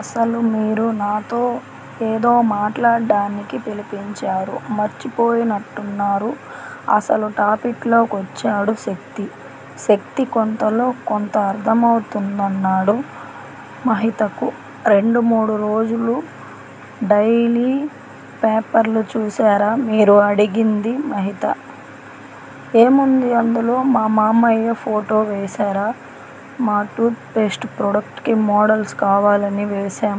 అసలు మీరు నాతో ఏదో మాట్లాడ్డానికి పిలిపించారు. మర్చిపోయినట్టున్నారు అసలు టాపిక్ లో కొచ్చాడు శక్తి. శక్తి కొంతలో, కొంత అర్థమౌతున్నాడు మహితకు. రెండు మూడు రోజుల డైలీ పేపర్లు చూసారా మీరు అడిగింది మహిత. ఏముంది అందులో మా మావయ్య ఫోటో వేసారా మా టూత్ పేస్ట్ ప్రొడక్ట్ కి మోడల్స్ కావాలని వేసాం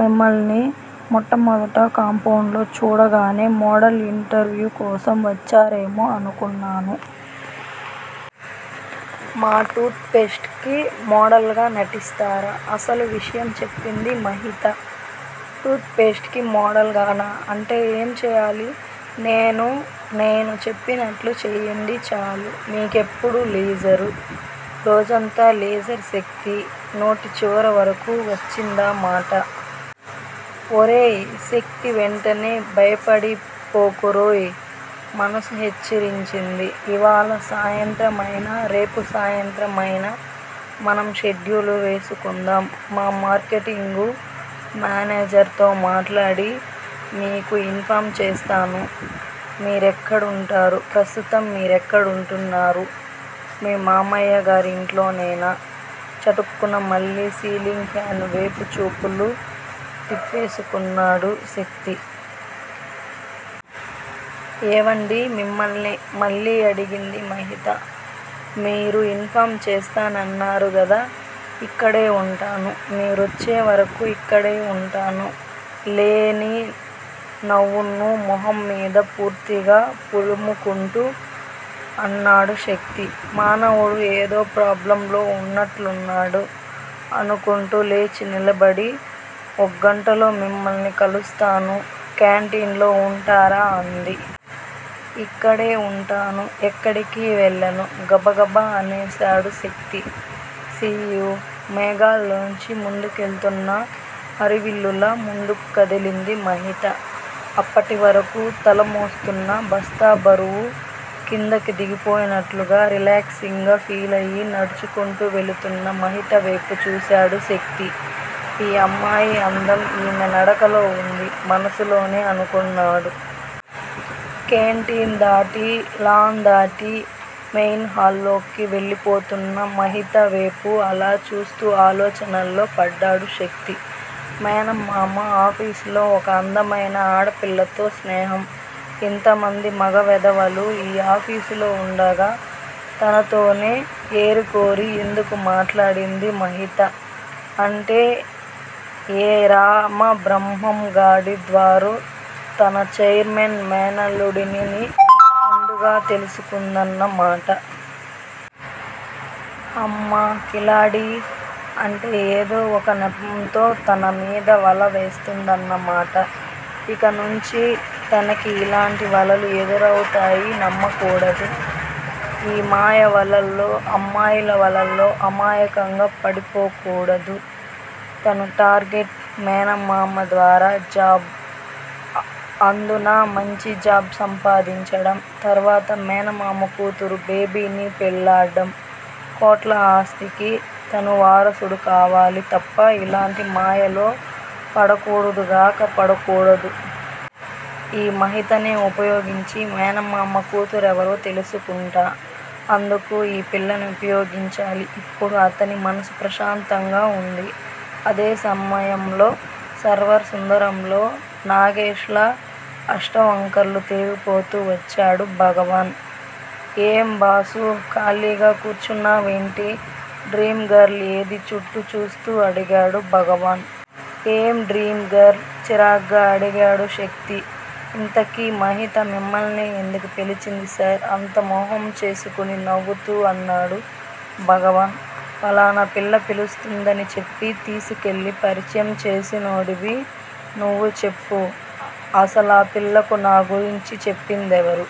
మిమ్మల్ని- మొట్టమొదట కాంపౌండ్ లో చూడగానే, మోడల్ ఇంటర్వ్యూ కోసం వచ్చారేమో అనుకున్నాను. మా టూత్ పేస్ట్ కి మోడల్ గా నటిస్తారా? అసలు విషయం చెప్పింది మహిత. టూత్ పేస్ట్ కి మోడల్ గానా అంటే ఏం చేయాలి నేను నేను చెప్పినట్లు చెయ్యండి చాలు. మీకెప్పుడు లీజరు. రోజంతా లీజర్ శక్తి నోటి చివర వరకూ వచ్చిందా మాట. ఒరేయ్ శక్తీ వెంటనే బయపడిపోకురోయ్ మనసు హెచ్చరించింది. ఇవాళ సాయంత్రమైనా, రేపు సాయంత్రమైనా మనం షెడ్యూల్ వేసుకుందాం. మా మార్కెటింగ్ మానేజర్ తో మాట్లాడి, మీకు ఇన్ ఫామ్ చేస్తాను. మీరెక్కడుంటారు ప్రస్తుతం మీరెక్కడుంటున్నారు. మీ మావయ్యగారింట్లోనేనా. చటుక్కున మళ్ళీ సీలింగ్ ఫాన్ వేపు చూపులు తిప్పేసుకున్నాడు శక్తి. ఏవండీ మిమ్మల్నే మళ్ళీ అడిగింది మహిత. మీరు ఇన్ ఫామ్ చేస్తానన్నారు గదా ఇక్కడే వుంటాను. మీరొచ్చే వరకూ ఇక్కడే ఉంటాను లేని నవ్వును మొహమ్మీద పూర్తిగా పులుముకుంటూ అన్నాడు శక్తి. మానవుడు ఏదో ప్రాబ్లమ్ లో ఉన్నట్లున్నాడు- అనుకుంటూ లేచి నిలబడి- ఒగ్గంటలో మిమ్మల్ని కలుస్తాను కేంటిన్లో వుంటారా అంది. ఇక్కడే వుంటాను. ఎక్కడికీ వెళ్ళను గబగబా అనేసాడు శక్తి. సీ-యూ మేఘాల్లోంచి ముందుకెళుతున్న హరివిల్లులా ముందుకు కదిలింది మహిత. అప్పటివరకూ తల మోస్తున్న బస్తా బరువు కిందకు దిగిపోయినట్లుగా రిలాక్సింగ్ గా ఫీలయి నడుచుకుంటూ వెళుతున్న మహితవేపు చూసాడు శక్తి. ఈ అమ్మాయి అందం, ఈమె నడకలో వుంది మనసులోనే అనుకున్నాడు. కేంటిన్ దాటి, లాన్ దాటి, మెయిన్ హాల్లోకి వెళ్ళిపోతున్న మహితవేపు అలా చూస్తూ ఆలోచనల్లో పడ్డాడు శక్తి. మేనమామ ఆఫీసులో ఒక అందమైన ఆడపిల్లతో స్నేహం. ఇంతమంది మగ వెధవలు ఈ ఆఫీసులో వుండగా, తనతోనే ఏరి కోరి ఎందుకు మాట్లాడింది మహిత? అంటే ఏ రామబ్రహ్మంగాడి ద్వారో, తన ఛైర్మెన్ మేనల్లుడినని ముందుగా తెలుసుకుందన్న మాట. హమ్మ కిలాడీ అంటే ఏదో ఒక నెపంతో తన మీద వల వేస్తుందన్న మాట. ఇక నుంచీ తనకి ఇలాంటి వలలు ఎదురౌతాయి నమ్మకూడదు. ఈ మాయ వలల్లో, అమ్మాయిల వలల్లో అమాయకంగా పడిపోకూడదు- తను టార్గెట్- మేనమామ ద్వారా జాబ్, అందునా మంచి జాబ్ సంపాదించటం, తర్వాత మేనమామ కూతురు బేబిని పెళ్లాడ్డం కోట్ల ఆస్తికి తను వారసుడు కావాలి తప్ప ఇలాంటి మాయలో పడకూడదుగాక- పడకూడదు. ఈ మహితనే ఉపయోగించి, మేనమామ కూతురెవరో తెలుసుకుంటా- అందుకు ఈ పిల్లని ఉపయోగించాలి. ఇప్పుడు, అతని మనసు ప్రశాంతంగా వుంది. అదే సమయంలో సర్వర్ సుందరంలో నాగేష్ లా అష్టవంకర్లు తిరిగిపోతూ వచ్చాడు భగవాన్. ఏం బాసూ- ఖాళీగా కూర్చున్నావేంటి. డ్రీమ్ గర్ల్ ఏదీ చుట్టూ చూస్తూ అడిగాడు భగవాన్. ఏం డ్రీమ్ గర్ల్ చిరాగ్గా అడిగాడు శక్తి. ఇంతకీ- మహిత, మిమ్మల్నే ఎందుకు పిలిచింది సార్ అంత మొహం చేసుకుని నవ్వుతూ అన్నాడు భగవాన్. ఫలానా పిల్ల పిలుస్తుందని చెప్పి, తీసుకెళ్ళి పరిచయం చేసినోడివి నువ్వు చెప్పు. అసలా పిల్లకు నాగురించి చెప్పిందెవరు